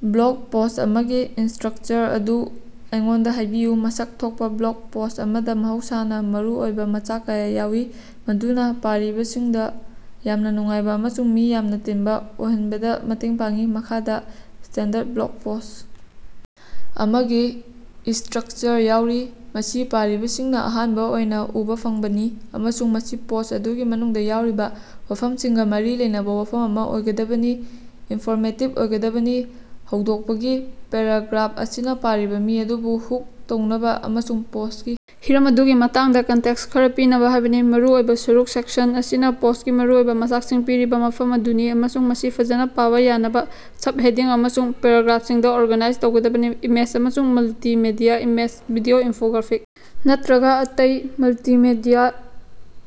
Block post ꯑꯃꯒꯤ structure ꯑꯗꯨ ꯑꯩꯉꯣꯟꯗꯥ ꯍꯥꯏꯕꯤꯌꯨ꯫ ꯃꯁꯛ ꯊꯣꯛꯄꯥ ꯕ꯭ꯂꯣꯛ ꯄꯣꯁ ꯑꯃꯗꯥ ꯃꯍꯧꯁꯥꯅꯥ ꯃꯔꯨ ꯑꯣꯏꯕꯥ ꯃꯆꯥꯛ ꯀꯌꯥ ꯌꯥꯎꯏ ꯃꯗꯨꯅꯥ ꯄꯥꯔꯤꯕꯁꯤꯡꯗꯥ ꯌꯥꯝꯅꯥ ꯅꯨꯡꯉꯥꯏꯕꯥ ꯑꯃꯁꯨꯡ ꯃꯤ ꯌꯥꯝꯅꯥ ꯇꯤꯟꯕꯥ ꯑꯣꯏꯍꯟꯕꯗꯥ ꯃꯇꯦꯡ ꯄꯥꯡꯏ꯫ ꯃꯈꯥꯗꯥ ꯁ꯭ꯇꯦꯟꯗꯔꯗ ꯕ꯭ꯂꯣꯛ ꯄꯣꯁ ꯑꯃꯒꯤ ꯏꯁꯇ꯭ꯔꯛꯆꯔ ꯌꯥꯎꯔꯤ꯫ ꯃꯁꯤ ꯄꯥꯔꯤꯕꯁꯤꯡꯅꯥ ꯑꯍꯥꯟꯕꯥ ꯑꯣꯏꯅꯥ ꯎꯕꯥ ꯐꯪꯕꯅꯤ ꯑꯃꯁꯨꯡ ꯃꯁꯤ ꯄꯣꯁ ꯑꯗꯨꯒꯤ ꯃꯅꯨꯡꯗꯥ ꯌꯥꯎꯔꯤꯕꯥ ꯋꯥꯐꯝꯁꯤꯡꯒꯥ ꯃꯔꯤ ꯂꯩꯅꯕꯥ ꯋꯥꯐꯝ ꯑꯃꯥ ꯑꯣꯏꯒꯗꯕꯅꯤ, ꯏꯟꯐꯣꯔꯃꯦꯇꯤꯞ ꯑꯣꯏꯒꯗꯕꯅꯤ꯫ ꯍꯧꯗꯣꯛꯄꯒꯤ ꯄꯦꯔꯥꯒ꯭ꯔꯥꯐ ꯑꯁꯤꯅꯥ ꯄꯥꯔꯤꯕꯥ ꯃꯤ ꯑꯗꯨꯕꯨ ꯍꯨꯛ ꯇꯧꯅꯕꯥ ꯑꯃꯁꯨꯡ ꯄꯣꯁꯀꯤ ꯍꯤꯔꯝ ꯑꯗꯨꯒꯤ ꯃꯇꯥꯡꯗꯥ ꯀꯟꯇꯦꯛꯁ ꯈꯔꯥ ꯄꯤꯅꯕꯥ ꯍꯥꯏꯕꯅꯤ꯫ ꯃꯔꯨ ꯑꯣꯏꯕꯥ ꯁꯔꯨꯛ ,ꯁꯦꯛꯁꯟ ꯑꯁꯤꯅꯥ ꯄꯣꯁꯀꯤ ꯃꯔꯨꯑꯣꯏꯕꯥ ꯃꯆꯥꯛꯁꯤꯡ ꯄꯤꯔꯤꯕꯥ ꯃꯐꯝ ꯑꯗꯨꯅꯤꯑꯃꯁꯨꯡ ꯃꯁꯤ ꯐꯖꯅꯥ ꯄꯥꯕꯥ ꯌꯥꯅꯕꯥ ꯁꯞꯍꯦꯗꯤꯡ ꯑꯃꯁꯨꯡ ꯄꯦꯔꯥꯒ꯭ꯔꯥꯐꯁꯤꯡꯗꯥ ꯑꯣꯔꯒꯥꯅꯥꯏꯖ ꯇꯧꯒꯗꯕꯅꯤ꯫ ꯏꯃꯦꯖ ꯑꯃꯁꯨꯡ ꯃꯜꯇꯤꯃꯦꯗꯤꯌꯥ: ꯏꯃꯦꯖ, ꯚꯤꯗꯤꯑꯣ, ꯏꯟꯐꯣꯒ꯭ꯔꯥꯐꯤꯛ ꯅꯠꯇ꯭ꯔꯒ ꯑꯇꯩ ꯃꯜꯇꯤꯃꯦꯗꯤꯌꯥ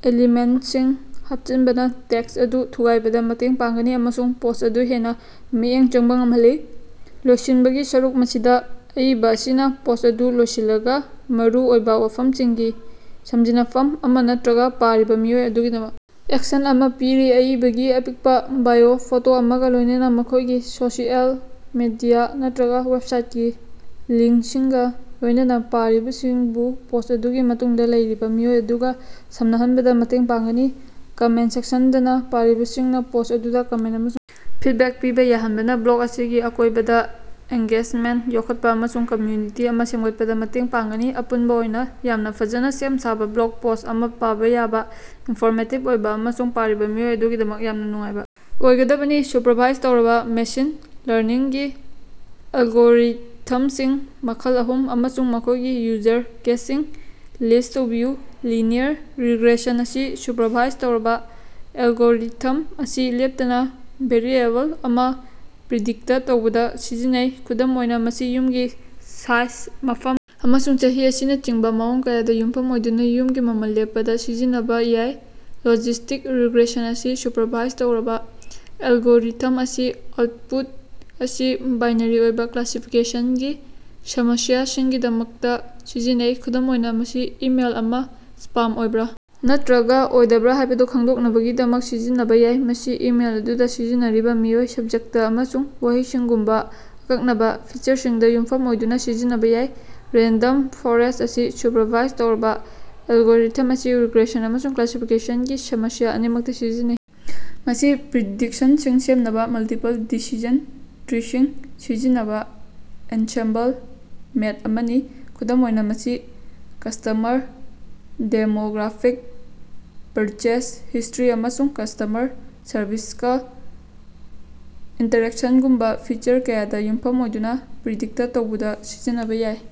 ꯑꯦꯂꯤꯃꯦꯟꯇꯁꯤꯡ ꯍꯥꯞꯆꯤꯟꯕꯅꯥ ꯇꯦꯛꯁ ꯑꯗꯨ ꯊꯨꯒꯥꯏꯕꯗꯥ ꯃꯇꯦꯡ ꯄꯥꯡꯒꯅꯤ ꯑꯃꯁꯨꯡ ꯄꯣꯁ ꯑꯗꯨ ꯍꯦꯟꯅꯥ ꯃꯤꯠꯌꯦꯡ ꯆꯪꯕꯥ ꯉꯝꯍꯜꯂꯤ꯫ ꯂꯣꯏꯁꯤꯟꯕꯒꯤ ꯁꯔꯨꯛ, ꯃꯁꯤꯗꯥ ꯑꯏꯕꯥ ꯑꯁꯤꯅꯥ ꯄꯣꯁ ꯑꯗꯨ ꯂꯣꯏꯁꯤꯜꯂꯒꯥ ꯃꯔꯨ ꯑꯣꯏꯕꯥ ꯋꯥꯐꯝꯁꯤꯡꯒꯤ ꯁꯃꯖꯤꯟꯅꯐꯝ ꯑꯃꯥ ꯅꯠꯇ꯭ꯔꯒꯥ ꯄꯥꯔꯤꯕꯥ ꯃꯤꯑꯣꯏ ꯑꯗꯨꯒꯤꯗꯃꯛ ꯑꯦꯛꯁꯟ ꯑꯃꯥ ꯄꯤꯔꯤ꯫ ꯑꯏꯕꯒꯤ ꯑꯄꯤꯛꯄꯥ ꯕꯥꯏꯑꯣ, ꯐꯣꯇꯣ ꯑꯃꯒꯥ ꯂꯣꯏꯅꯅꯥ ꯃꯈꯣꯏꯒꯤ ꯁꯣꯁꯤꯑꯦꯜ ꯃꯤꯗꯤꯌꯥ ꯅꯠꯇ꯭ꯔꯒꯥ ꯋꯦꯞꯁꯥꯏꯠꯀꯤ ꯂꯤꯡꯁꯤꯡꯒꯥ ꯂꯣꯏꯅꯅꯥ ꯄꯥꯔꯤꯕꯁꯤꯡꯕꯨ ꯄꯣꯁ ꯑꯗꯨꯒꯤ ꯃꯇꯨꯡꯗꯥ ꯂꯩꯔꯤꯕꯥ ꯃꯤꯑꯣꯏ ꯑꯗꯨꯒꯥ ꯁꯝꯅꯍꯟꯕꯗꯥ ꯃꯇꯦꯡ ꯄꯥꯡꯒꯅꯤ꯫ ꯀꯃꯦꯟ ꯁꯦꯛꯁꯟꯗꯅꯥ ꯄꯥꯔꯤꯕꯁꯤꯡꯅꯥ ꯄꯣꯁ ꯑꯗꯨꯗꯥ ꯀꯃꯦꯟ ꯑꯃꯁꯨꯡ ꯐꯤꯠꯕꯦꯛ ꯄꯤꯕꯥ ꯌꯥꯍꯟꯕꯅꯥ ꯕ꯭ꯂꯣꯛ ꯑꯁꯤꯒꯤ ꯑꯀꯣꯏꯕꯗꯥ ꯑꯦꯡꯒꯦꯖꯃꯦꯟꯇ ꯌꯣꯛꯈꯠꯄꯥ ꯑꯃꯁꯨꯡ ꯀꯝꯃ꯭ꯌꯨꯅꯤꯇꯤ ꯑꯃꯥ ꯁꯦꯝꯒꯠꯄꯗꯥ ꯃꯇꯦꯡ ꯄꯥꯡꯒꯅꯤ꯫ ꯑꯄꯨꯟꯕꯥ ꯑꯣꯏꯅꯥ, ꯌꯥꯝꯅꯥ ꯐꯖꯅꯥ ꯁꯦꯝ ꯁꯥꯕꯥ ꯕ꯭ꯂꯣꯛ ꯄꯣꯁ ꯑꯃꯥ ꯄꯥꯕꯥ ꯌꯥꯕꯥ, ꯏꯟꯐꯣꯔꯃꯦꯇꯤꯕ ꯑꯣꯏꯕꯥ ꯑꯃꯁꯨꯡ ꯄꯥꯔꯤꯕꯥ ꯃꯤꯑꯣꯏ ꯑꯗꯨꯒꯤꯗꯃꯛ ꯌꯥꯝꯅꯥ ꯅꯨꯡꯉꯥꯏꯕꯥ ꯑꯣꯏꯒꯗꯕꯅꯤ꯫ ꯁꯨꯄꯔꯚꯥꯏꯖ ꯇꯧꯔꯕꯥ ꯃꯦꯁꯤꯟ ꯂꯥꯔꯅꯤꯡꯒꯤ ꯑꯦꯜꯒꯣꯔꯤꯊꯝꯁꯤꯡ ꯃꯈꯜ ꯑꯍꯨꯝ ꯑꯃꯁꯨꯡ ꯃꯈꯣꯏꯒꯤ ꯌꯨꯖꯔ ꯀꯦꯁꯁꯤꯡ ꯂꯤꯁ ꯇꯧꯕꯤꯌꯨ꯫ ꯂꯤꯅꯤꯌꯔ ꯔꯤꯒ꯭ꯔꯦꯁꯟ ꯑꯁꯤ ꯁꯨꯄꯔꯚꯥꯏꯖ ꯇꯧꯔꯕꯥ ꯑꯦꯜꯒꯣꯔꯤꯊꯝ ꯑꯁꯤ ꯂꯦꯞꯇꯅꯥ ꯚꯦꯔꯤꯑꯦꯕꯜ ꯑꯃꯥ ꯄ꯭ꯔꯤꯗꯤꯛꯇ ꯇꯧꯕꯗꯥ ꯁꯤꯖꯤꯟꯅꯩ꯫ ꯈꯨꯗꯝ ꯑꯣꯏꯅꯥ, ꯃꯁꯤ ꯌꯨꯝꯒꯤ ꯁꯥꯏꯖ, ꯃꯐꯝ, ꯑꯃꯁꯨꯡ ꯆꯍꯤ ꯑꯁꯤꯅꯆꯤꯡꯕꯥ ꯃꯑꯣꯡ ꯀꯌꯥꯗꯥ ꯌꯨꯝꯐꯝ ꯑꯣꯏꯗꯨꯅꯥ ꯌꯨꯝꯒꯤ ꯃꯃꯜ ꯂꯦꯞꯄꯗꯥ ꯁꯤꯖꯤꯟꯅꯕꯥ ꯌꯥꯏ꯫ ꯂꯣꯖꯤꯁꯇꯤꯛ ꯔꯤꯒ꯭ꯔꯦꯁꯟ ꯑꯁꯤ ꯁꯨꯄꯔꯚꯥꯏꯖ ꯇꯧꯔꯕꯥ ꯑꯦꯜꯒꯣꯔꯤꯊꯝ ꯑꯁꯤ ꯑꯥꯎꯠꯄꯨꯠ ꯑꯁꯤ ꯕꯥꯏꯅꯥꯔꯤ ꯑꯣꯏꯕꯥ ꯀ꯭ꯂꯥꯁꯤꯐꯤꯀꯦꯁꯟꯒꯤ ꯁꯃꯁ꯭ꯌꯥꯁꯤꯡꯒꯤꯗꯃꯛꯇꯥ ꯁꯤꯖꯤꯟꯅꯩ꯫ ꯈꯨꯗꯝ ꯑꯣꯏꯅꯥ, ꯃꯁꯤ ꯏꯃꯦꯜ ꯑꯃꯥ ꯁ꯭ꯄꯥꯝ ꯑꯣꯏꯕ꯭ꯔꯥ ꯅꯠꯇ꯭ꯔꯒꯥ ꯑꯣꯏꯗꯕ꯭ꯔꯥ ꯍꯥꯏꯕꯗꯨ ꯈꯪꯗꯣꯛꯅꯕꯒꯤꯗꯃꯛ ꯁꯤꯖꯤꯟꯅꯕꯥ ꯌꯥꯏ, ꯃꯁꯤ ꯏꯃꯦꯜ ꯑꯗꯨꯗꯥ ꯁꯤꯖꯤꯟꯅꯔꯤꯕꯥ ꯃꯤꯑꯣꯏ, ꯁꯕꯖꯦꯛꯇ ꯑꯃꯁꯨꯡ ꯋꯥꯍꯩꯁꯤꯡꯒꯨꯝꯕꯥ ꯑꯀꯛꯅꯕꯥ ꯐꯤꯆꯔꯁꯤꯡꯗꯥ ꯌꯨꯝꯐꯝ ꯑꯣꯏꯗꯨꯅꯥ ꯁꯤꯖꯤꯟꯅꯕꯥ ꯌꯥꯏ꯫ ꯔꯦꯟꯗꯝ ꯐꯣꯔꯦꯁ ꯑꯁꯤ ꯁꯨꯄꯔꯚꯥꯏꯖ ꯇꯧꯔꯕꯥ ꯑꯦꯜꯒꯣꯔꯤꯊꯝ ꯑꯁꯤ ꯔꯤꯒ꯭ꯔꯦꯁꯟ ꯑꯃꯁꯨꯡ ꯀ꯭ꯂꯥꯁꯤꯐꯤꯀꯦꯁꯟꯒꯤ ꯁꯃꯁ꯭ꯌꯥ ꯑꯅꯤꯃꯛꯇꯥ ꯁꯤꯖꯤꯟꯅꯩ꯫ ꯃꯁꯤ ꯄ꯭ꯔꯤꯗꯤꯛꯁꯟꯁꯤꯡ ꯁꯦꯝꯅꯕꯥ ꯃꯜꯇꯤꯄꯜ ꯗꯤꯁꯤꯖꯟ ꯇ꯭ꯔꯤꯁꯤꯡ ꯁꯤꯖꯤꯟꯅꯕꯥ ꯑꯦꯟꯁꯦꯝꯕꯜ ꯃꯦꯠ ꯑꯃꯅꯤ꯫ ꯈꯨꯗꯝ ꯑꯣꯏꯅꯥ, ꯃꯁꯤ ꯀꯁ꯭ꯇꯃꯔ ꯗꯦꯃꯣꯒ꯭ꯔꯥꯐꯤꯛ, ꯄꯔꯆꯦꯖ ꯍꯤꯁꯇ꯭ꯔꯤ ꯑꯃꯁꯨꯡ ꯀꯁ꯭ꯇꯃꯔ ꯁꯔꯚꯤꯁꯀꯥ ꯏꯟꯇꯔꯦꯛꯁꯟꯒꯨꯝꯕꯥ ꯐꯤꯆꯔ ꯀꯌꯥꯗꯥ ꯌꯨꯝꯐꯝ ꯑꯣꯏꯗꯨꯅꯥ ꯄ꯭ꯔꯤꯗꯤꯛꯇ ꯇꯧꯕꯗꯥ ꯁꯤꯖꯤꯟꯅꯕꯥ ꯌꯥꯏ꯫